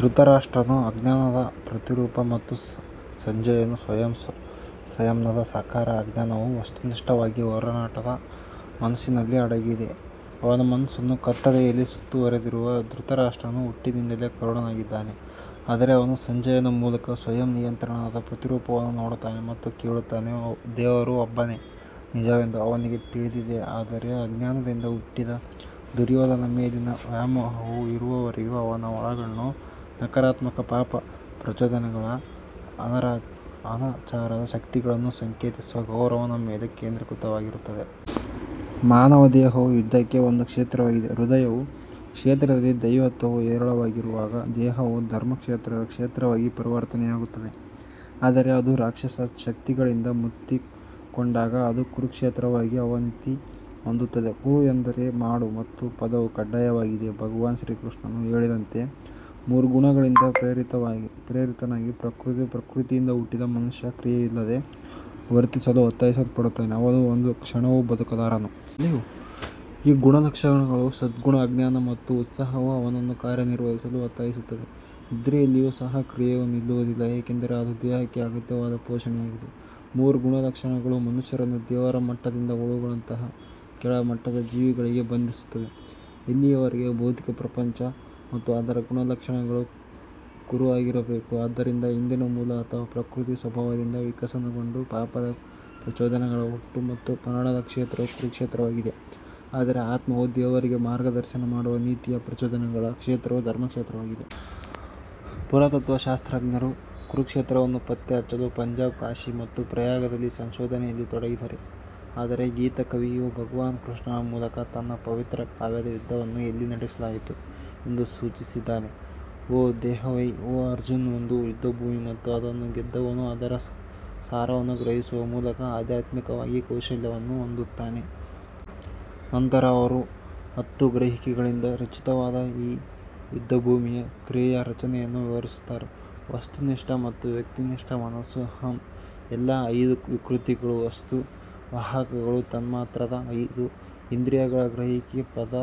ಧೃತರಾಷ್ಟ್ರನು ಅಜ್ಞಾನದ ಪ್ರತಿರೂಪ ಮತ್ತು ಸಂಜಯನು ಸ್ವಯಂ ಸಂಯಮದ ಸಾಕಾರ ಅಜ್ಞಾನವು ವಸ್ತುನಿಷ್ಠವಾಗಿ ಹೊರನೋಟದ ಮನಸ್ಸಿನಲ್ಲಿ ಅಡಗಿದೆ ಅವನ ಮನಸ್ಸನ್ನು ಕತ್ತಲೆಯಲ್ಲಿ ಸುತ್ತುವರೆದಿರುವ ಧೃತರಾಷ್ಟ್ರನು ಹುಟ್ಟಿನಿಂದಲೇ ಕುರುಡನಾಗಿದ್ದಾನೆ ಆದರೆ ಅವನು ಸಂಜಯನ ಮೂಲಕ ಸ್ವಯಂ ನಿಯಂತ್ರಣದ ಪ್ರತಿರೂಪವನ್ನು ನೋಡುತ್ತಾನೆ ಮತ್ತು ಕೇಳುತ್ತಾನೆ ದೇವರು ಒಬ್ಬನೇ ನಿಜವೆಂದು ಅವನಿಗೆ ತಿಳಿದಿದೆ ಆದರೆ ಅಜ್ಞಾನದಿಂದ ಹುಟ್ಟಿದ ದುರ್ಯೋಧನನ ಮೇಲಿನ ವ್ಯಾಮೋಹವು ಇರುವವರೆಗೂ ಅವನ ಒಳಗಣ್ಣು ನಕಾರಾತ್ಮಕ ಪಾಪ ಪ್ರಚೋದನೆಗಳ ಅನಾಚಾರದ ಶಕ್ತಿಗಳನ್ನು ಸಂಕೇತಿಸುವ ಕೌರವನ ಮೇಲೆ ಕೇಂದ್ರೀಕೃತವಾಗಿರುತ್ತದೆ. ಮಾನವ ದೇಹವು ಯುದ್ಧಕ್ಕೆ ಒಂದು ಕ್ಷೇತ್ರವಾಗಿದೆ ಹೃದಯದ ಕ್ಷೇತ್ರದಲ್ಲಿ ದೈವತ್ವವು ಹೇರಳವಾಗಿರುವಾಗ ದೇಹವು ಧರ್ಮಕ್ಷೇತ್ರದ ಕ್ಷೇತ್ರವಾಗಿ ಪರಿವರ್ತನೆಯಾಗುತ್ತದೆ ಆದರೆ ಅದು ರಾಕ್ಷಸ ಶಕ್ತಿಗಳಿಂದ ಮುತ್ತಿಕೊಂಡಾಗ ಅದು ಕುರುಕ್ಷೇತ್ರವಾಗಿ ಅವನತಿ ಹೊಂದುತ್ತದೆ. ಕುರು ಎಂದರೆ ಮಾಡು ಮತ್ತು ಪದವು ಕಡ್ಡಾಯವಾಗಿದೆ ಭಗವಾನ್ ಶ್ರೀಕೃಷ್ಣನು ಹೇಳಿದಂತೆ ಮೂರು ಗುಣಗಳಿಂದ ಪ್ರೇರಿತನಾಗಿ ಪ್ರಕೃತಿ ಪ್ರಕೃತಿಯಿಂದ ಹುಟ್ಟಿದ ಮನುಷ್ಯ ಕ್ರಿಯೆಯಿಲ್ಲದೆ ವರ್ತಿಸಲು ಒತ್ತಾಯಿಸಲ್ಪಡುತ್ತಾನೆ, ಅವನು ಒಂದು ಕ್ಷಣವೂ ಬದುಕಲಾರನು. ಈ ಗುಣಲಕ್ಷಣಗಳು ಸದ್ಗುಣ ಅಜ್ಞಾನ ಮತ್ತು ಉತ್ಸಾಹವು ಅವನನ್ನು ಕಾರ್ಯನಿರ್ವಹಿಸಲು ಒತ್ತಾಯಿಸುತ್ತದೆ ನಿದ್ರೆಯಲ್ಲಿಯೂ ಸಹ ಕ್ರಿಯೆಯು ನಿಲ್ಲುವುದಿಲ್ಲ ಏಕೆಂದರೆ ಅದು ದೇಹಕ್ಕೆ ಅಗತ್ಯವಾದ ಪೋಷಣೆಯಾಗಿದೆ ಮೂರು ಗುಣಲಕ್ಷಣಗಳು ಮನುಷ್ಯರನ್ನು ದೇವರ ಮಟ್ಟದಿಂದ ಹುಳುಗಳಂತಹ ಕೆಳಮಟ್ಟದ ಜೀವಿಗಳಿಗೆ ಬಂಧಿಸುತ್ತವೆ ಎಲ್ಲಿಯವರೆಗೆ ಭೌತಿಕ ಪ್ರಪಂಚ ಮತ್ತು ಅದರ ಗುಣಲಕ್ಷಣಗಳು ಕುರು ಆಗಿರಬೇಕು ಆದ್ದರಿಂದ ಹಿಂದಿನ ಮೂಲ ಅಥವಾ ಪ್ರಕೃತಿ ಸ್ವಭಾವದಿಂದ ವಿಕಸನಗೊಂಡ ಪಾಪದ ಪ್ರಚೋದನೆಗಳ ಹುಟ್ಟು ಮತ್ತು ಮರಣದ ಕ್ಷೇತ್ರವು ಕುರುಕ್ಷೇತ್ರವಾಗಿದೆ ಆದರೆ ಆತ್ಮವನ್ನು ದೇವರಿಗೆ ಮಾರ್ಗದರ್ಶನ ಮಾಡುವ ನೀತಿಯ ಪ್ರಚೋದನೆಗಳ ಕ್ಷೇತ್ರವು ಧರ್ಮಕ್ಷೇತ್ರವಾಗಿದೆ. ಪುರಾತತ್ವಶಾಸ್ತ್ರಜ್ಞರು ಕುರುಕ್ಷೇತ್ರವನ್ನು ಪತ್ತೆಹಚ್ಚಲು ಪಂಜಾಬ್ ಕಾಶಿ ಮತ್ತು ಪ್ರಯಾಗದಲ್ಲಿ ಸಂಶೋಧನೆಯಲ್ಲಿ ತೊಡಗಿದ್ದಾರೆ ಆದರೆ ಗೀತಾ ಕವಿಯು ಭಗವಾನ್ ಕೃಷ್ಣನ ಮೂಲಕ ತನ್ನ ಪವಿತ್ರ ಕಾವ್ಯದ ಯುದ್ಧವನ್ನು ಎಲ್ಲಿ ನಡೆಸಲಾಯಿತು ಎಂದು ಸೂಚಿಸಿದ್ದಾನೆ. ಈ ದೇಹವೇ ಓ ಅರ್ಜುನ್ ಒಂದು ಯುದ್ಧಭೂಮಿ ಮತ್ತು ಅದನ್ನು ಗೆದ್ದವನು ಅದರ ಸಾರವನ್ನು ಗ್ರಹಿಸುವ ಮೂಲಕ ಆಧ್ಯಾತ್ಮಿಕವಾಗಿ ಕೌಶಲ್ಯವನ್ನು ಹೊಂದುತ್ತಾನೆ. ನಂತರ ಅವರು ಹತ್ತು ಗ್ರಹಿಕೆಗಳಿಂದ ರಚಿತವಾದ ಈ ಯುದ್ಧಭೂಮಿಯ ಕ್ರಿಯೆಯ ರಚನೆಯನ್ನು ವಿವರಿಸುತ್ತಾರೆ ವಸ್ತುನಿಷ್ಠ ಮತ್ತು ವ್ಯಕ್ತಿನಿಷ್ಠ ಮನಸ್ಸು ಅಹಂ ಎಲ್ಲಾ ಐದು ವಿಕೃತಿಗಳು ವಸ್ತು ವಾಹಕಗಳು ತನ್ಮಾತ್ರದ ಐದು ಇಂದ್ರಿಯಗಳ ಗ್ರಹಿಕೆ ಪದ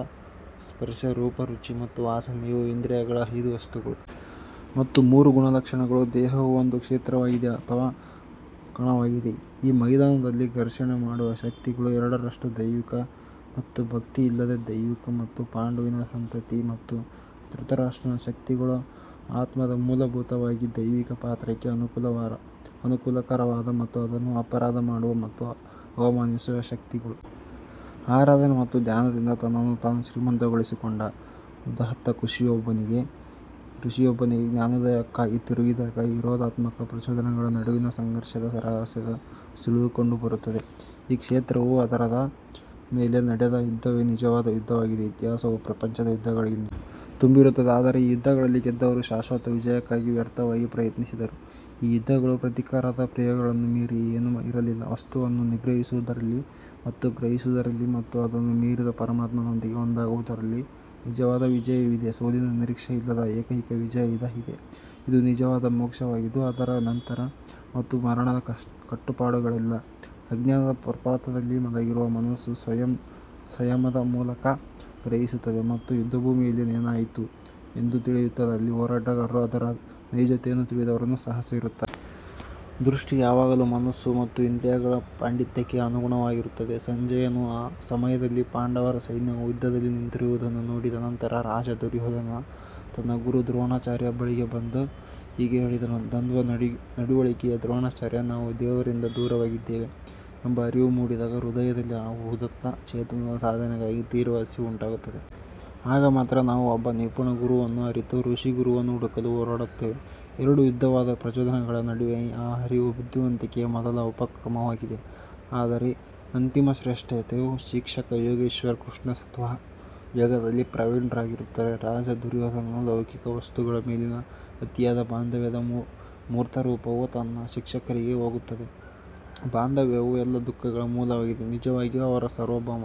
ಸ್ಪರ್ಶ ರೂಪ ರುಚಿ ಮತ್ತು ವಾಸನೆ ಇವು ಇಂದ್ರಿಯಗಳ ಐದು ವಸ್ತುಗಳು. ಮತ್ತು ಮೂರು ಗುಣಲಕ್ಷಣಗಳು ದೇಹವು ಒಂದು ಕ್ಷೇತ್ರವಾಗಿದೆ ಅಥವಾ ಕಣವಾಗಿದೆ ಈ ಮೈದಾನದಲ್ಲಿ ಘರ್ಷಣೆ ಮಾಡುವ ಶಕ್ತಿಗಳು ಎರಡರಷ್ಟು ದೈವಿಕ ಮತ್ತು ಭಕ್ತಿಯಿಲ್ಲದ ದೈವಿಕ ಮತ್ತು ಪಾಂಡುವಿನ ಸಂತತಿ ಮತ್ತು ಧೃತರಾಷ್ಟ್ರನ ಶಕ್ತಿಗಳು ಆತ್ಮದ ಮೂಲಭೂತವಾಗಿ ದೈವಿಕ ಪಾತ್ರಕ್ಕೆ ಅನುಕೂಲಕರವಾದ ಮತ್ತು ಅದನ್ನು ಅಪರಾಧ ಮಾಡುವ ಮತ್ತು ಅವಮಾನಿಸುವ ಶಕ್ತಿಗಳು. ಆರಾಧನೆ ಮತ್ತು ಧ್ಯಾನದಿಂದ ತನ್ನನ್ನು ತಾನು ಶ್ರೀಮಂತಗೊಳಿಸಿಕೊಂಡ ಉದಾತ್ತ ಋಷಿಯೊಬ್ಬನಿಗೆ ಜ್ಞಾನೋದಯಕ್ಕಾಗಿ ತಿರುಗಿದಾಗ ವಿರೋಧಾತ್ಮಕ ಪ್ರಚೋದನೆಗಳ ನಡುವಿನ ಸಂಘರ್ಷದ ರಹಸ್ಯದ ಸುಳಿವು ಕಂಡುಬರುತ್ತದೆ. ಈ ಕ್ಷೇತ್ರವು ಅದರ ಸಾರವನ್ನು ಅರಿತುಕೊಳ್ಳುವವರಿಗೆ ಸೇರಿದೆ ಮತ್ತು ಅದರ ಮೇಲೆ ನಡೆದ ಯುದ್ಧವೇ ನಿಜವಾದ ಯುದ್ಧವಾಗಿದೆ ಇತಿಹಾಸವು ಪ್ರಪಂಚದ ಯುದ್ಧಗಳಿಂದ ತುಂಬಿರುತ್ತದೆ ಆದರೆ ಈ ಯುದ್ಧಗಳಲ್ಲಿ ಗೆದ್ದವರು ಶಾಶ್ವತ ವಿಜಯಕ್ಕಾಗಿ ವ್ಯರ್ಥವಾಗಿ ಪ್ರಯತ್ನಿಸಿದರು ಈ ಯುದ್ಧಗಳು ಪ್ರತೀಕಾರದ ಕ್ರಿಯೆಗಳನ್ನು ಮೀರಿ ಏನೂ ಇರಲಿಲ್ಲ ವಸ್ತುವನ್ನು ನಿಗ್ರಹಿಸುವುದರಲ್ಲಿ ಮತ್ತು ಗ್ರಹಿಸುವುದರಲ್ಲಿ ಮತ್ತು ಅದನ್ನು ಮೀರಿದ ಪರಮಾತ್ಮನೊಂದಿಗೆ ಒಂದಾಗುವುದರಲ್ಲಿ ನಿಜವಾದ ವಿಜಯವಿದೆ ಸೋಲಿನ ನಿರೀಕ್ಷೆ ಇಲ್ಲದ ಏಕೈಕ ವಿಜಯ ಇದಾಗಿದೆ ಇದು ನಿಜವಾದ ಮೋಕ್ಷವಾಗಿದ್ದು ಅದರ ನಂತರ ಜನನ ಮತ್ತು ಮರಣದ ಕಟ್ಟುಪಾಡುಗಳಿಲ್ಲ ಅಜ್ಞಾನದ ಪ್ರಪಾತದಲ್ಲಿ ಮಲಗಿರುವ ಮನಸ್ಸು ಸ್ವಯಂ ಸಂಯಮದ ಮೂಲಕ ಗ್ರಹಿಸುತ್ತದೆ ಮತ್ತು ಯುದ್ಧಭೂಮಿಯಲ್ಲಿ ಏನಾಯಿತು ಎಂದು ತಿಳಿಯುತ್ತದೆ, ಅಲ್ಲಿ ಹೋರಾಟಗಾರರು ಅದರ ನೈಜತೆಯನ್ನು ತಿಳಿದವರನ್ನು ಸಹ ಸೇರಿಸುತ್ತಾರೆ. ದೃಷ್ಟಿ ಯಾವಾಗಲೂ ಮನಸ್ಸು ಮತ್ತು ಇಂದ್ರಿಯಗಳ ಪಾಂಡಿತ್ಯಕ್ಕೆ ಅನುಗುಣವಾಗಿರುತ್ತದೆ ಸಂಜಯನು ಆ ಸಮಯದಲ್ಲಿ ಪಾಂಡವರ ಸೈನ್ಯವು ಯುದ್ಧದಲ್ಲಿ ನಿಂತಿರುವುದನ್ನು ನೋಡಿದ ನಂತರ ರಾಜ ದುರ್ಯೋಧನನು ತನ್ನ ಗುರು ದ್ರೋಣಾಚಾರ್ಯರ ಬಳಿಗೆ ಬಂದು ಹೀಗೆ ಹೇಳಿದನು. ದ್ವಂದ್ವ ನಡವಳಿಕೆಯೇ ದ್ರೋಣಾಚಾರ್ಯ ನಾವು ದೇವರಿಂದ ದೂರವಾಗಿದ್ದೇವೆ ಎಂಬ ಅರಿವು ಮೂಡಿದಾಗ ಹೃದಯದಲ್ಲಿ ಆ ಉದಾತ್ತ ಚೇತನದ ಸಾಧನೆಗಾಗಿ ತೀವ್ರ ಹಸಿವು ಉಂಟಾಗುತ್ತದೆ. ಆಗ ಮಾತ್ರ ನಾವು ಒಬ್ಬ ನಿಪುಣ ಗುರುವನ್ನು ಅರಿತು ಋಷಿ ಗುರುವನ್ನು ಹುಡುಕಲು ಹೊರಡುತ್ತೇವೆ ಎರಡು ವಿರುದ್ಧವಾದ ಪ್ರಚೋದನೆಗಳ ನಡುವೆ ಈ ಅರಿವು ಬುದ್ಧಿವಂತಿಕೆಯ ಮೊದಲ ಉಪಕ್ರಮವಾಗಿದೆ ಆದರೆ ಅಂತಿಮ ಶ್ರೇಷ್ಠತೆಯ ಶಿಕ್ಷಕ ಯೋಗೇಶ್ವರ್ ಕೃಷ್ಣ ಸ್ವತಃ ಯೋಗದಲ್ಲಿ ಪ್ರವೀಣರಾಗಿರುತ್ತಾರೆ. ರಾಜ ದುರ್ಯೋಧನನು ಲೌಕಿಕ ವಸ್ತುಗಳ ಮೇಲಿನ ಅತಿಯಾದ ಬಾಂಧವ್ಯದ ಮೂರ್ತರೂಪವು ತನ್ನ ಶಿಕ್ಷಕರಿಗೆ ಹೋಗುತ್ತದೆ ಬಾಂಧವ್ಯವು ಎಲ್ಲಾ ದುಃಖಗಳ ಮೂಲವಾಗಿದೆ ನಿಜವಾಗಿಯೂ ಅವರ ಸಾರ್ವಭೌಮ.